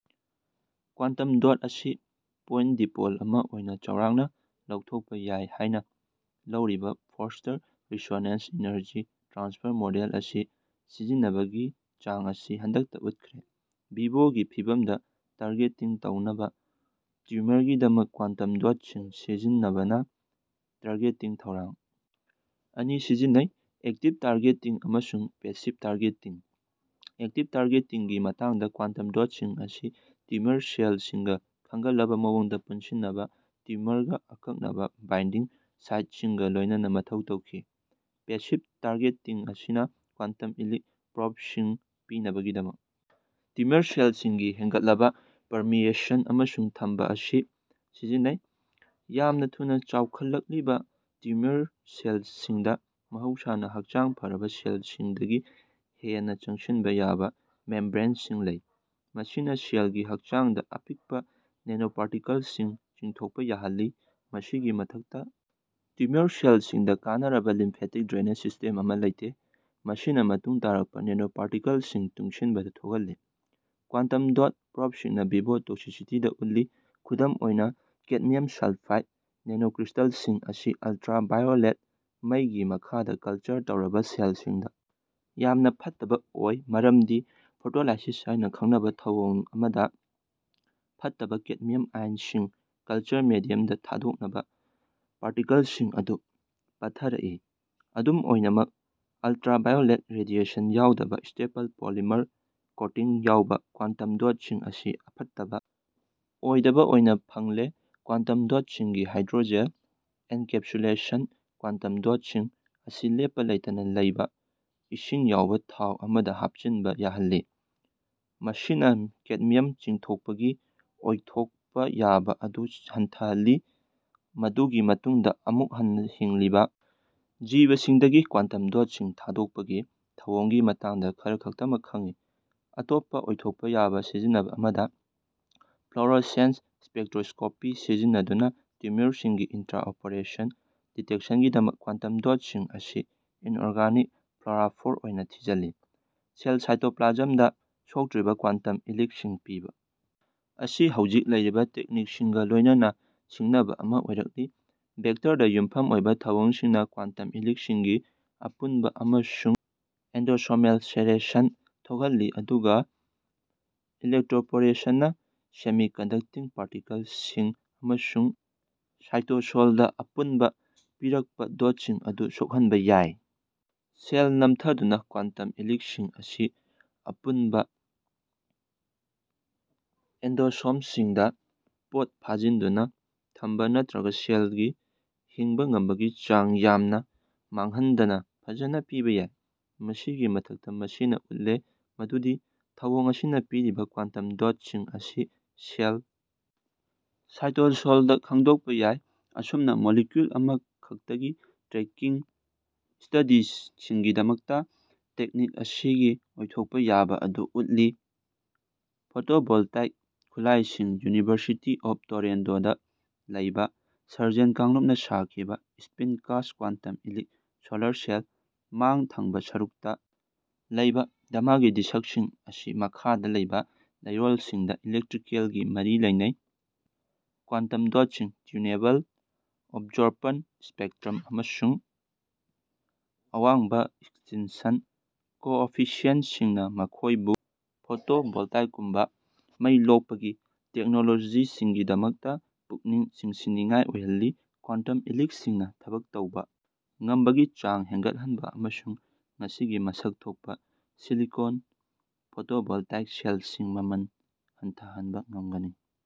Quantum dot ꯑꯁꯤ point dipole ꯑꯃ ꯑꯣꯏꯅ ꯆꯥꯎꯔꯥꯛꯅ ꯂꯧꯊꯣꯛꯄ ꯌꯥꯏ ꯍꯥꯏꯅ ꯂꯧꯔꯤꯕ Forster resonance energy transfer model ꯑꯁꯤ ꯁꯤꯖꯤꯟꯅꯕꯒꯤ ꯆꯥꯡ ꯑꯁꯤ ꯍꯟꯗꯛꯇ ꯎꯠꯈ꯭ꯔꯦ꯫ ꯚꯤꯚꯣꯒꯤ ꯐꯤꯚꯝꯗ ꯇꯔꯒꯦꯇꯤꯡ ꯇꯧꯅꯕ ꯇ꯭ꯌꯨꯃꯔꯒꯤꯗꯃꯛ ꯀ꯭ꯋꯥꯟꯇꯝ ꯗꯣꯠꯁꯤꯡ ꯁꯤꯖꯤꯟꯅꯕꯅ ꯇ꯭ꯔꯒꯦꯇꯤꯡꯒꯤ ꯊꯧꯔꯥꯡ ꯑꯅꯤ ꯁꯤꯖꯤꯟꯅꯩ: ꯑꯦꯛꯇꯤꯚ ꯇꯥꯔꯒꯦꯇꯤꯡ ꯑꯃꯁꯨꯡ ꯄꯦꯁꯤꯚ ꯇꯥꯔꯒꯦꯇꯤꯡ꯫ ꯑꯦꯛꯇꯤꯚ ꯇꯥꯔꯒꯦꯇꯤꯡꯒꯤ ꯃꯇꯥꯡꯗ ꯀ꯭ꯋꯥꯟꯇꯝ ꯗꯣꯠꯁꯤꯡ ꯑꯁꯤ ꯇ꯭ꯌꯨꯃꯔ ꯁꯦꯜꯁꯤꯡꯒ ꯈꯟꯒꯠꯂꯕ ꯃꯑꯣꯡꯗ ꯄꯨꯟꯁꯤꯟꯅꯕ ꯇ꯭ꯌꯨꯃꯔꯒ ꯑꯀꯛꯅꯕ ꯕꯥꯏꯟꯗꯤꯡ ꯁꯥꯏꯠꯁꯤꯡꯒ ꯂꯣꯏꯅꯅ ꯃꯊꯧ ꯇꯧꯈꯤ ꯫ ꯄꯦꯁꯤꯚ ꯇꯥꯔꯒꯦꯇꯤꯡ ꯑꯁꯤꯅ ꯀ꯭ꯋꯥꯟꯇꯝ ꯏꯂꯤꯛ ꯄ꯭ꯔꯣꯕꯁꯤꯡ ꯄꯤꯅꯕꯒꯤꯗꯃꯛ ꯇ꯭ꯌꯨꯃꯔ ꯁꯦꯜꯁꯤꯡꯒꯤ ꯍꯦꯟꯒꯠꯂꯕ ꯄꯔꯃꯤꯌꯦꯁꯟ ꯑꯃꯁꯨꯡ ꯊꯝꯕ ꯑꯁꯤ ꯁꯤꯖꯤꯟꯅꯩ ꯫ ꯌꯥꯝꯅ ꯊꯨꯅ ꯆꯥꯎꯈꯠꯂꯛꯂꯤꯕ ꯇ꯭ꯌꯨꯃꯔ ꯁꯦꯜꯁꯤꯡꯗ ꯃꯍꯧꯁꯥꯅ ꯍꯛꯆꯥꯡ ꯐꯔꯕ ꯁꯦꯜꯁꯤꯡꯗꯒꯤ ꯍꯦꯟꯅ ꯆꯪꯁꯤꯟꯕ ꯌꯥꯕ ꯃꯦꯝꯕ꯭ꯔꯦꯟꯁꯤꯡ ꯂꯩ꯫ ꯃꯁꯤꯅ ꯁꯦꯜꯒꯤ ꯍꯛꯆꯥꯡꯗ ꯑꯄꯤꯛꯄ ꯅꯦꯅꯣꯄꯥꯔꯇꯤꯀꯜꯁꯤꯡ ꯆꯤꯡꯊꯣꯛꯄ ꯌꯥꯍꯜꯂꯤ ꯫ ꯃꯁꯤꯒꯤ ꯃꯊꯛꯇ ꯇ꯭ꯌꯨꯃꯔ ꯁꯦꯜꯁꯤꯡꯗ ꯀꯥꯟꯅꯔꯕ ꯂꯤꯝꯐꯦꯇꯤꯛ ꯗ꯭ꯔꯦꯅꯦꯖ ꯁꯤꯁꯇꯦꯝ ꯑꯃ ꯂꯩꯇꯦ꯫ ꯃꯁꯤꯅ ꯃꯇꯨꯡ ꯇꯥꯔꯛꯄ ꯅꯦꯅꯣꯄꯥꯔꯇꯤꯀꯜꯁꯤꯡ ꯇꯨꯡꯁꯤꯟꯕꯗ ꯊꯣꯛꯍꯜꯂꯤ꯫ ꯀ꯭ꯋꯥꯟꯇꯝ ꯗꯣꯠ ꯄ꯭ꯔꯣꯕꯁꯤꯡꯅ ꯚꯤꯚꯣ ꯇꯣꯛꯁꯤꯁꯤꯇꯤꯗ ꯎꯠꯂꯤ꯫ ꯈꯨꯗꯝ ꯑꯣꯏꯅ ꯀꯦꯗꯃꯤꯌꯝ ꯁꯜꯐꯥꯏꯗ ꯅꯦꯅꯣꯀ꯭ꯔꯤꯁꯇꯜꯁꯤꯡ ꯑꯁꯤ ꯑꯜꯇ꯭ꯔꯥ ꯚꯥꯏꯌꯣꯂꯦꯠ ꯃꯩꯒꯤ ꯃꯈꯥꯗ ꯀꯜꯆꯔ ꯇꯧꯔꯕ ꯁꯦꯜꯁꯤꯡꯗ ꯌꯥꯝꯅ ꯐꯠꯇꯕ ꯑꯣꯏ ꯃꯔꯝꯗꯤ ꯐꯣꯇꯣꯂꯥꯏꯁꯤꯁ ꯍꯥꯏꯅ ꯈꯪꯅꯕ ꯊꯧꯑꯣꯡ ꯑꯃꯗ ꯐꯠꯇꯕ ꯀꯦꯗꯃꯤꯌꯝ ꯑꯥꯏꯟꯁꯤꯡ ꯀꯜꯆꯔ ꯃꯦꯗꯤꯌꯝꯗ ꯊꯥꯗꯣꯛꯅꯕ ꯄꯥꯔꯇꯤꯀꯜꯁꯤꯡ ꯑꯗꯨ ꯄꯠꯊꯔꯛꯏ ꯫ ꯑꯗꯨꯝ ꯑꯣꯏꯅꯃꯛ ꯑꯜꯇ꯭ꯔꯥ ꯚꯥꯏꯌꯣꯂꯦꯠ ꯔꯦꯗꯤꯌꯦꯁꯟ ꯌꯥꯎꯗꯕ ꯁ꯭ꯇꯦꯄꯜ ꯄꯣꯂꯤꯃꯔ ꯀꯣꯇꯤꯡ ꯌꯥꯎꯕ ꯀ꯭ꯋꯥꯟꯇꯝ ꯗꯣꯠꯁꯤꯡ ꯑꯁꯤ ꯑꯐꯠꯇꯕ ꯑꯣꯏꯗꯕ ꯑꯣꯏꯅ ꯐꯪꯂꯦ ꯫ ꯀ꯭ꯋꯥꯟꯇꯝ ꯗꯣꯠꯁꯤꯡꯒꯤ ꯍꯥꯏꯗ꯭ꯔꯣꯖꯦꯜ ꯑꯦꯟꯀꯦꯞꯁꯨꯂꯦꯁꯟ ꯀ꯭ꯋꯥꯟꯇꯝ ꯗꯣꯠꯁꯤꯡ ꯑꯁꯤ ꯂꯦꯞꯄ ꯂꯩꯇꯅ ꯂꯩꯕ ꯏꯁꯤꯡ ꯌꯥꯎꯕ ꯊꯥꯎ ꯑꯃꯗ ꯍꯥꯞꯆꯤꯟꯕ ꯌꯥꯍꯜꯂꯤ꯫ ꯃꯁꯤꯅ ꯀꯦꯗꯃꯤꯌꯝ ꯆꯤꯡꯊꯣꯛꯄꯒꯤ ꯑꯣꯏꯊꯣꯛꯄ ꯌꯥꯕ ꯑꯗꯨ ꯍꯟꯊꯍꯜꯂꯤ ꯫ ꯃꯗꯨꯒꯤ ꯃꯇꯨꯡꯗ ꯑꯃꯨꯛ ꯍꯟꯅ ꯍꯤꯡꯂꯤꯕ ꯖꯤꯕꯁꯤꯡꯗꯒꯤ ꯀ꯭ꯋꯥꯟꯇꯝ ꯗꯣꯠꯁꯤꯡ ꯊꯥꯗꯣꯛꯄꯒꯤ ꯊꯧꯑꯣꯡꯒꯤ ꯃꯇꯥꯡꯗ ꯈꯔꯈꯛꯇꯃꯛ ꯈꯪꯉꯤ꯫ ꯑꯇꯣꯞꯄ ꯑꯣꯏꯊꯣꯛꯄ ꯌꯥꯕ ꯁꯤꯖꯤꯟꯅꯕ ꯑꯃꯗ ꯐ꯭ꯂꯣꯔꯣꯁꯦꯟꯁ ꯁ꯭ꯄꯦꯛꯇ꯭ꯔꯣꯁ꯭ꯀꯣꯄꯤ ꯁꯤꯖꯤꯟꯅꯗꯨꯅ ꯇ꯭ꯌꯨꯃꯔꯁꯤꯡꯒꯤ ꯏꯟꯇ꯭ꯔꯥ-ꯑꯣꯄꯔꯦꯁꯟ ꯗꯤꯇꯦꯛꯁꯟꯒꯤꯗꯃꯛ ꯀ꯭ꯋꯥꯟꯇꯝ ꯗꯣꯠꯁꯤꯡ ꯑꯁꯤ ꯏꯟꯑꯣꯔꯒꯅꯤꯛ ꯐ꯭ꯂꯣꯔꯥꯐꯣꯔ ꯑꯣꯏꯅ ꯊꯤꯖꯤꯜꯂꯤ ꯫ ꯁꯦꯜ ꯁꯥꯏꯇꯣꯄ꯭ꯂꯥꯖꯝꯗ ꯁꯣꯛꯇ꯭ꯔꯤꯕ ꯀ꯭ꯋꯥꯟꯇꯝ ꯏꯂꯤꯛꯁꯤꯡ ꯄꯤꯕ ꯑꯁꯤ ꯍꯧꯖꯤꯛ ꯂꯩꯔꯤꯕ ꯇꯦꯛꯅꯤꯛꯁꯤꯡꯒ ꯂꯣꯏꯅꯅ ꯁꯤꯡꯅꯕ ꯑꯃ ꯑꯣꯏꯔꯛꯂꯤ ꯫ ꯚꯦꯛꯇꯔꯗ ꯌꯨꯝꯐꯝ ꯑꯣꯏꯕ ꯊꯧꯑꯣꯡꯁꯤꯡꯅ ꯀ꯭ꯋꯥꯟꯇꯝ ꯏꯂꯤꯛꯁꯤꯡꯒꯤ ꯑꯄꯨꯟꯕ ꯑꯃꯁꯨꯡ ꯑꯦꯟꯗꯣꯁꯣꯃꯦꯜ ꯁꯦꯔꯦꯁꯟ ꯊꯣꯛꯍꯜꯂꯤ ꯑꯗꯨꯒ ꯏꯂꯦꯛꯇ꯭ꯔꯣꯄꯣꯔꯦꯁꯟꯅ ꯁꯦꯃꯤ-ꯀꯟꯗꯛꯇꯤꯡ ꯄꯥꯔꯇꯤꯀꯜꯁꯤꯡ ꯑꯃꯁꯨꯡ ꯁꯥꯏꯇꯣꯁꯣꯜꯗ ꯑꯄꯨꯟꯕ ꯄꯤꯔꯛꯄ ꯗꯣꯠꯁꯤꯡ ꯑꯗꯨ ꯁꯣꯛꯍꯟꯕ ꯌꯥꯏ ꯫ ꯁꯦꯜ ꯅꯝꯊꯗꯨꯅ ꯀ꯭ꯋꯥꯟꯇꯝ ꯏꯂꯤꯛꯁꯤꯡ ꯑꯁꯤ ꯑꯄꯨꯟꯕ ꯑꯦꯟꯗꯣꯁꯣꯝꯁꯤꯡꯗ ꯄꯣꯠ ꯐꯥꯖꯤꯟꯗꯨꯅ ꯊꯝꯕ ꯅꯠꯇ꯭ꯔꯒ ꯁꯦꯜꯒꯤ ꯍꯤꯡꯕ ꯉꯝꯕꯒꯤ ꯆꯥꯡ ꯌꯥꯝꯅ ꯃꯥꯡꯍꯟꯗꯅ ꯐꯖꯅ ꯄꯤꯕ ꯌꯥꯏ ꯫ ꯃꯁꯤꯒꯤ ꯃꯊꯛꯇ ꯃꯁꯤꯅ ꯎꯠꯂꯦ ꯃꯗꯨꯗꯤ ꯊꯧꯑꯣꯡ ꯑꯁꯤꯅ ꯄꯤꯔꯤꯕ ꯀ꯭ꯋꯥꯟꯇꯝ ꯗꯣꯠꯁꯤꯡ ꯑꯁꯤ ꯁꯦꯜ ꯁꯥꯏꯇꯣꯁꯣꯜꯗ ꯈꯪꯗꯣꯛꯄ ꯌꯥꯏ꯫ ꯑꯁꯨꯝꯅ ꯃꯣꯂꯤꯀ꯭ꯌꯨꯜ ꯑꯃꯈꯛꯇꯒꯤ ꯇ꯭ꯔꯦꯀꯤꯡ ꯁ꯭ꯇꯗꯤꯁ ꯁꯤꯡꯒꯤꯗꯃꯛꯇ ꯇꯦꯛꯅꯤꯛ ꯑꯁꯤꯒꯤ ꯑꯣꯏꯊꯣꯛꯄ ꯌꯥꯕ ꯑꯗꯨ ꯎꯠꯂꯤ ꯫ ꯐꯣꯇꯣꯚꯣꯜꯇꯥꯏꯛ ꯈꯨꯠꯂꯥꯏꯁꯤꯡ ꯌꯨꯅꯤꯚꯔꯁꯤꯇꯤ ꯑꯣꯐ ꯇꯣꯔꯦꯟꯇꯣꯗ ꯂꯩꯕ ꯁꯔꯖꯦꯟ ꯀꯥꯡꯂꯨꯞꯅ ꯁꯥꯈꯤꯕ ꯁ꯭ꯄꯤꯟ-ꯀꯥꯁ ꯀ꯭ꯋꯥꯟꯇꯝ ꯏꯂꯤꯛ ꯁꯣꯂꯔ ꯁꯦꯜ ꯫ ꯃꯥꯡ ꯊꯪꯕ ꯁꯔꯨꯛꯇ ꯂꯩꯕ ꯙꯥꯃꯒꯤ ꯗꯤꯁꯛꯁꯤꯡ ꯑꯁꯤ ꯃꯈꯥꯗ ꯂꯩꯕ ꯂꯩꯔꯣꯜꯁꯤꯡꯗ ꯏꯂꯦꯛꯇ꯭ꯔꯤꯀꯦꯜꯒꯤ ꯃꯔꯤ ꯂꯩꯅꯩ ꯫ ꯀ꯭ꯋꯥꯟꯇꯝ ꯗꯣꯠꯁꯤꯡ ꯇ꯭ꯌꯨꯅꯦꯕꯜ ꯑꯦꯕꯖꯣꯔꯄꯟ ꯁ꯭ꯄꯦꯛꯇ꯭ꯔꯝ ꯑꯃꯁꯨꯡ ꯑꯋꯥꯡꯕ ꯆꯤꯟꯁꯟ ꯀꯣꯑꯣꯐꯤꯁꯤꯑꯦꯟꯁꯤꯡꯅ ꯃꯈꯣꯏꯕꯨ ꯐꯣꯇꯣꯚꯣꯜꯇꯥꯏꯛꯀꯨꯝꯕ ꯃꯩ ꯂꯣꯛꯄꯒꯤ ꯇꯦꯛꯅꯣꯂꯣꯖꯤ ꯁꯤꯡꯒꯤꯗꯃꯛꯇ ꯄꯨꯛꯅꯤꯡ ꯆꯤꯡꯁꯤꯟꯅꯤꯡꯉꯥꯏ ꯑꯣꯏꯍꯜꯂꯤ ꯫ ꯀ꯭ꯋꯥꯟꯇꯝ ꯏꯂꯤꯛꯁꯤꯡꯅ ꯊꯕꯛ ꯇꯧꯕ ꯉꯝꯕꯒꯤ ꯆꯥꯡ ꯍꯦꯟꯒꯠꯍꯟꯕ ꯑꯃꯁꯨꯡ ꯉꯁꯤꯒꯤ ꯃꯁꯛ ꯊꯣꯛꯄ ꯁꯤꯂꯤꯀꯣꯟ ꯐꯣꯇꯣꯚꯣꯜꯇꯥꯏꯛ ꯁꯦꯜꯁꯤꯡ ꯃꯃꯟ ꯍꯟꯊꯍꯟꯕ ꯉꯝꯒꯅꯤ ꯫